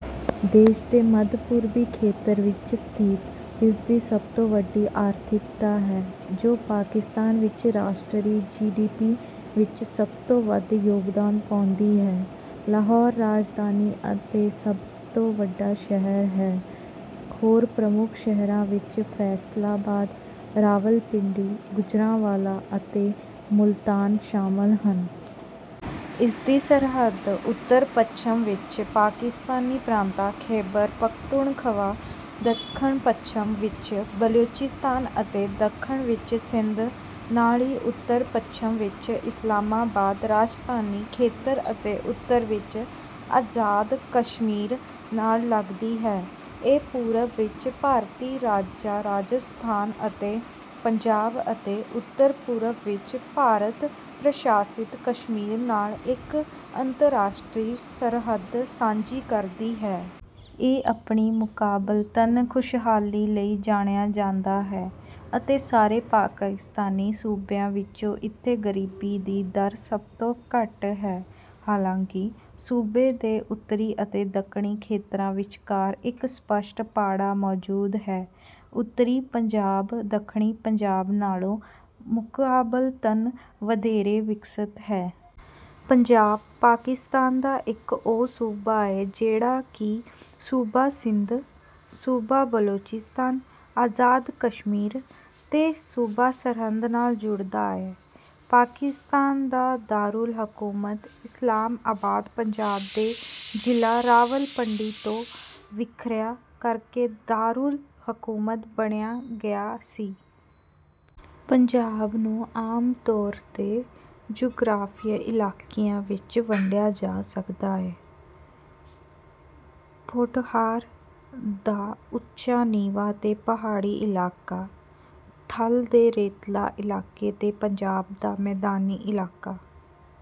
ਦੇਸ਼ ਦੇ ਮੱਧ-ਪੂਰਬੀ ਖੇਤਰ ਵਿੱਚ ਸਥਿਤ, ਇਸਦੀ ਸਭ ਤੋਂ ਵੱਡੀ ਆਰਥਿਕਤਾ ਹੈ, ਜੋ ਪਾਕਿਸਤਾਨ ਵਿੱਚ ਰਾਸ਼ਟਰੀ ਜੀਡੀਪੀ ਵਿੱਚ ਸਭ ਤੋਂ ਵੱਧ ਯੋਗਦਾਨ ਪਾਉਂਦੀ ਹੈ। ਲਾਹੌਰ ਰਾਜਧਾਨੀ ਅਤੇ ਸਭ ਤੋਂ ਵੱਡਾ ਸ਼ਹਿਰ ਹੈ। ਹੋਰ ਪ੍ਰਮੁੱਖ ਸ਼ਹਿਰਾਂ ਵਿੱਚ ਫੈਸਲਾਬਾਦ, ਰਾਵਲਪਿੰਡੀ, ਗੁਜਰਾਂਵਾਲਾ ਅਤੇ ਮੁਲਤਾਨ ਸ਼ਾਮਲ ਹਨ। ਇਸਦੀ ਸਰਹੱਦ ਉੱਤਰ-ਪੱਛਮ ਵਿੱਚ ਪਾਕਿਸਤਾਨੀ ਪ੍ਰਾਂਤਾਂ ਖੈਬਰ ਪਖਤੂਨਖਵਾ, ਦੱਖਣ-ਪੱਛਮ ਵਿੱਚ ਬਲੋਚਿਸਤਾਨ ਅਤੇ ਦੱਖਣ ਵਿੱਚ ਸਿੰਧ, ਨਾਲ ਹੀ ਉੱਤਰ-ਪੱਛਮ ਵਿੱਚ ਇਸਲਾਮਾਬਾਦ ਰਾਜਧਾਨੀ ਖੇਤਰ ਅਤੇ ਉੱਤਰ ਵਿੱਚ ਆਜ਼ਾਦ ਕਸ਼ਮੀਰ ਨਾਲ ਲੱਗਦੀ ਹੈ। ਇਹ ਪੂਰਬ ਵਿੱਚ ਭਾਰਤੀ ਰਾਜਾਂ ਰਾਜਸਥਾਨ ਅਤੇ ਪੰਜਾਬ ਅਤੇ ਉੱਤਰ-ਪੂਰਬ ਵਿੱਚ ਭਾਰਤ-ਪ੍ਰਸ਼ਾਸਿਤ ਕਸ਼ਮੀਰ ਨਾਲ ਇੱਕ ਅੰਤਰਰਾਸ਼ਟਰੀ ਸਰਹੱਦ ਸਾਂਝੀ ਕਰਦੀ ਹੈ। ਇਹ ਆਪਣੀ ਮੁਕਾਬਲਤਨ ਖੁਸ਼ਹਾਲੀ ਲਈ ਜਾਣਿਆ ਜਾਂਦਾ ਹੈ, ਅਤੇ ਸਾਰੇ ਪਾਕਿਸਤਾਨੀ ਸੂਬਿਆਂ ਵਿੱਚੋਂ ਇੱਥੇ ਗਰੀਬੀ ਦੀ ਦਰ ਸਭ ਤੋਂ ਘੱਟ ਹੈ। ਹਾਲਾਂਕਿ, ਸੂਬੇ ਦੇ ਉੱਤਰੀ ਅਤੇ ਦੱਖਣੀ ਖੇਤਰਾਂ ਵਿਚਕਾਰ ਇੱਕ ਸਪੱਸ਼ਟ ਪਾੜਾ ਮੌਜੂਦ ਹੈ; ਉੱਤਰੀ ਪੰਜਾਬ ਦੱਖਣੀ ਪੰਜਾਬ ਨਾਲੋਂ ਮੁਕਾਬਲਤਨ ਵਧੇਰੇ ਵਿਕਸਤ ਹੈ। ਪੰਜਾਬ ਪਾਕਿਸਤਾਨ ਦਾ ਇਕੋ ਉਹ ਸੂਬਾ ਏ ਜਿਹੜਾ ਕਿ ਸੂਬਾ ਸਿੰਧ, ਸੂਬਾ ਬਲੋਚਿਸਤਾਨ, ਆਜ਼ਾਦ ਕਸ਼ਮੀਰ ਤੇ ਸੂਬਾ ਸਰਹੰਦ ਨਾਲ ਜੁੜਦਾ ਏ। ਪਾਕਿਸਤਾਨ ਦਾ ਦਾਰੁਲ ਹਕੂਮਤ ਇਸਲਾਮ ਆਬਾਦ ਪੰਜਾਬ ਦੇ ਜ਼ਿਲ੍ਹਾ ਰਾਵਲਪਿੰਡੀ ਤੋਂ ਵਿਖਰਿਆਂ ਕਰ ਕੇ ਦਾਰੁਲ ਹਕੂਮਤ ਬਣਿਆ ਗਿਆ ਸੀ। ਪੰਜਾਬ ਨੂੰ ਆਮ ਤੌਰ 'ਤੇ ਜੁਗ਼ਰਾਫ਼ੀਆ ਇਲਾਕਿਆਂ ਵਿੱਚ ਵੰਡਿਆ ਜਾ ਸਕਦਾ ਏ: ਪੋਠੋਹਾਰ ਦਾ ਉੱਚਾ ਨੀਵਾਂ ਤੇ ਪਹਾੜੀ ਇਲਾਕਾ, ਥਲ ਦੇ ਰੇਤਲਾ ਇਲਾਕੇ ਤੇ ਪੰਜਾਬ ਦਾ ਮੈਦਾਨੀ ਇਲਾਕਾ।